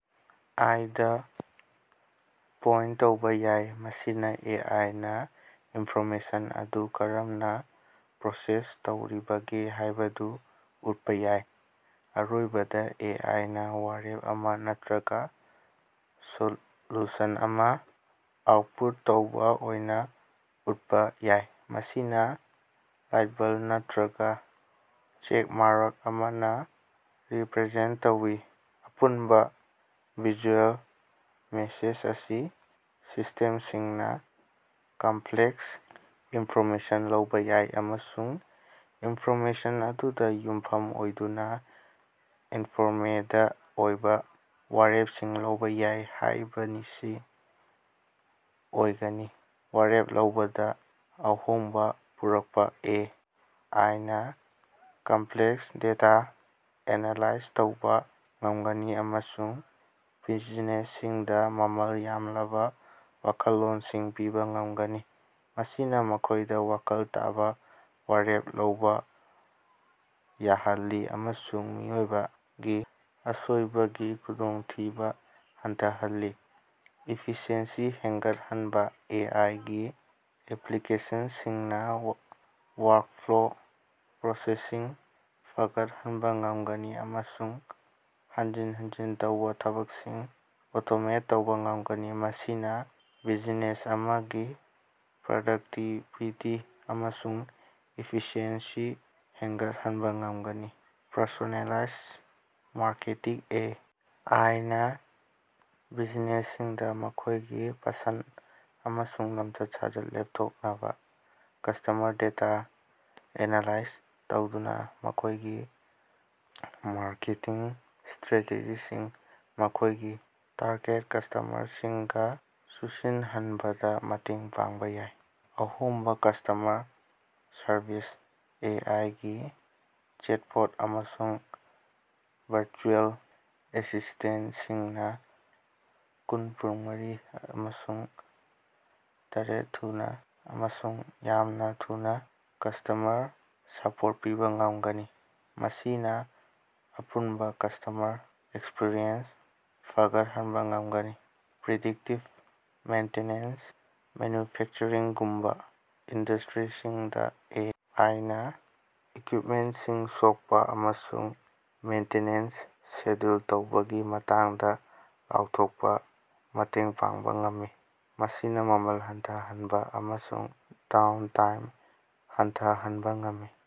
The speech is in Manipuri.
ꯑꯥꯏ. ꯗ ꯄꯣꯏꯟꯇ ꯇꯧꯕ ꯌꯥꯏ, ꯃꯁꯤꯅ ꯑꯦ. ꯑꯥꯏ. ꯅ ꯏꯟꯐꯣꯔꯃꯦꯁꯟ ꯑꯗꯨ ꯀꯔꯝꯅ ꯄ꯭ꯔꯣꯁꯦꯁ ꯇꯧꯔꯤꯕꯒꯦ ꯍꯥꯏꯕꯗꯨ ꯎꯠꯄ ꯌꯥꯏ꯫ ꯑꯔꯣꯏꯕꯗ, ꯑꯦ. ꯑꯥꯏ. ꯅ ꯋꯥꯔꯦꯞ ꯑꯃ ꯅꯠꯇ꯭ꯔꯒꯥ ꯁꯣꯂꯨꯁꯟ ꯑꯃ ꯑꯥꯎꯠꯄꯨꯠ ꯇꯧꯕ ꯑꯣꯏꯅ ꯎꯠꯄ ꯌꯥꯏ, ꯃꯁꯤ ꯂꯥꯏꯠꯕꯜ ꯅꯠꯇ꯭ꯔꯒꯥ ꯆꯦꯀꯃꯥꯔꯛ ꯑꯃꯅ ꯔꯤꯄꯔꯖꯦꯟꯇ ꯇꯧꯏ꯫ ꯑꯄꯨꯟꯕ ꯚꯤꯖꯨꯑꯦꯜ ꯃꯦꯁꯦꯖ ꯑꯁꯤ ꯁꯤꯁ꯭ꯇꯦꯝꯁꯤꯡꯅ ꯀꯝꯞꯂꯦꯛꯁ ꯏꯟꯐꯣꯔꯃꯦꯁꯟ ꯂꯧꯕ ꯌꯥꯏ ꯑꯃꯁꯨꯡ ꯏꯟꯐꯣꯔꯃꯦꯁꯟ ꯑꯗꯨꯗ ꯌꯨꯝꯐꯝ ꯑꯣꯏꯗꯨꯅ ꯏꯟꯐꯣꯔꯃꯦꯗ ꯑꯣꯏꯕ ꯋꯥꯔꯦꯞꯁꯤꯡ ꯂꯧꯕ ꯌꯥꯏ ꯍꯥꯏꯕꯅꯤꯁꯤ ꯑꯣꯏꯒꯅꯤ꯫ ꯋꯥꯔꯦꯞ ꯂꯧꯕꯗ ꯑꯍꯣꯡꯕ ꯄꯨꯔꯛꯄ: ꯑꯦ. ꯑꯥꯏ. ꯅ ꯀꯝꯄꯂꯦꯛꯁ ꯗꯦꯇꯥ ꯑꯦꯅꯥꯂꯥꯏꯖ ꯇꯧꯕ ꯉꯝꯒꯅꯤ ꯑꯃꯁꯨꯡ ꯕꯤꯖꯤꯅꯦꯁꯁꯤꯡꯗ ꯃꯃꯜ ꯌꯥꯝꯂꯕ ꯋꯥꯈꯜꯂꯣꯟꯁꯤꯡ ꯄꯤꯕ ꯉꯝꯒꯅꯤ, ꯃꯁꯤꯅ ꯃꯈꯣꯏꯗ ꯋꯥꯈꯜ ꯇꯥꯕ ꯋꯥꯔꯦꯞ ꯂꯧꯕ ꯌꯥꯍꯜꯂꯤ ꯑꯃꯁꯨꯡ ꯃꯤꯑꯣꯏꯕꯒꯤ ꯑꯁꯣꯏꯕꯒꯤ ꯈꯨꯗꯣꯡꯊꯤꯕ ꯍꯟꯊꯍꯜꯂꯤ꯫ ꯏꯐꯤꯁꯤꯑꯦꯟꯁꯤ ꯍꯦꯟꯒꯠꯍꯟꯕ: ꯑꯦ. ꯑꯥꯏ. ꯒꯤ ꯑꯦꯞꯂꯤꯀꯦꯁꯟꯁꯤꯡꯅ ꯋꯥꯔꯛꯐ꯭ꯂꯣ ꯄ꯭ꯔꯣꯁꯦꯁꯁꯤꯡ ꯐꯒꯠꯍꯟꯕ ꯉꯝꯒꯅꯤ ꯑꯃꯁꯨꯡ ꯍꯟꯖꯤꯟ ꯍꯟꯖꯤꯟ ꯇꯧꯕ ꯊꯕꯛꯁꯤꯡ ꯑꯣꯇꯣꯃꯦꯠ ꯇꯧꯕ ꯉꯝꯒꯅꯤ, ꯃꯁꯤꯅ ꯕꯤꯖꯤꯅꯦꯁ ꯑꯃꯒꯤ ꯄ꯭ꯔꯗꯛꯇꯤꯕꯤꯇꯤ ꯑꯃꯁꯨꯡ ꯏꯐꯤꯁꯤꯑꯦꯟꯁꯤ ꯍꯦꯟꯒꯠꯍꯟꯕ ꯉꯝꯒꯅꯤ꯫ Personalise marketing: A. ꯑꯥꯏ. ꯅ ꯕꯤꯖꯤꯅꯦꯁꯁꯤꯡꯗ ꯃꯈꯣꯏꯒꯤ ꯄꯁꯟꯗ ꯑꯃꯁꯨꯡ ꯂꯃꯆꯠ-ꯁꯥꯖꯠ ꯂꯦꯞꯊꯣꯛꯅꯕ ꯀꯁ꯭ꯇꯃꯔ ꯗꯦꯇꯥ ꯑꯦꯅꯥꯂꯥꯏꯖ ꯇꯧꯗꯨꯅ ꯃꯈꯣꯏꯒꯤ ꯃꯥꯔꯀꯦꯇꯤꯡ ꯏꯁ꯭ꯇꯔꯦꯇꯦꯖꯤꯁꯤꯡ ꯃꯈꯣꯏꯒꯤ ꯇꯥꯔꯒꯦꯠ ꯀꯁ꯭ꯇꯃꯔꯁꯤꯡꯒ ꯆꯨꯁꯤꯟꯅꯍꯟꯕꯗ ꯃꯇꯦꯡ ꯄꯥꯡꯕ ꯌꯥꯏ꯫ ꯑꯍꯣꯡꯕ ꯀꯁ꯭ꯇꯃꯔ ꯁꯔꯕꯤꯁ: ꯑꯦ. ꯑꯥꯏ. ꯒꯤ ꯆꯦꯠꯕꯣꯠ ꯑꯃꯁꯨꯡ ꯚꯔꯆꯨꯑꯦꯜ ꯑꯦꯁꯤꯁ꯭ꯇꯦꯟꯇꯁꯤꯡꯅ ꯀꯨꯡ ꯄꯨꯟꯃꯔꯤ ꯑꯃꯁꯨꯡ ꯇꯔꯦꯠ ꯊꯨꯅ ꯑꯃꯁꯨꯡ ꯌꯥꯝꯅ ꯊꯨꯅ ꯀꯁ꯭ꯇꯃꯔ ꯁꯄꯣꯔꯠ ꯄꯤꯕ ꯉꯝꯒꯅꯤ, ꯃꯁꯤꯅ ꯑꯄꯨꯟꯕ ꯀꯁ꯭ꯇꯃꯔ ꯑꯦꯛꯁꯄꯔꯤꯌꯦꯟꯁ ꯐꯒꯠꯍꯟꯕ ꯉꯝꯒꯅꯤ꯫ ꯄ꯭ꯔꯤꯗꯤꯛꯇꯤꯚ ꯃꯦꯟꯇꯦꯅꯦꯟꯁ: ꯃꯦꯅꯌꯨꯐꯦꯛꯆꯔꯤꯡꯒꯨꯝꯕ ꯏꯟꯗꯁ꯭ꯇꯔꯤꯁꯤꯡꯗ, ꯑꯦ. ꯑꯥꯏ. ꯅ ꯏꯀꯌꯨꯏꯞꯃꯦꯟꯇꯁꯤꯡ ꯁꯣꯛꯄ ꯑꯃꯁꯨꯡ ꯃꯦꯟꯇꯦꯅꯦꯟꯁ ꯁꯦꯗ꯭ꯌꯨꯜ ꯇꯧꯕꯒꯤ ꯃꯇꯥꯡꯗ ꯂꯥꯎꯊꯣꯛꯄꯗ ꯃꯇꯦꯡ ꯄꯥꯡꯕ ꯉꯝꯃꯤ, ꯃꯁꯤꯅ ꯃꯃꯜ ꯍꯟꯊꯍꯟꯕ ꯑꯃꯁꯨꯡ ꯗꯣꯎꯟꯇꯥꯏꯝ ꯍꯟꯊꯍꯟꯕ ꯉꯝꯃꯤ꯫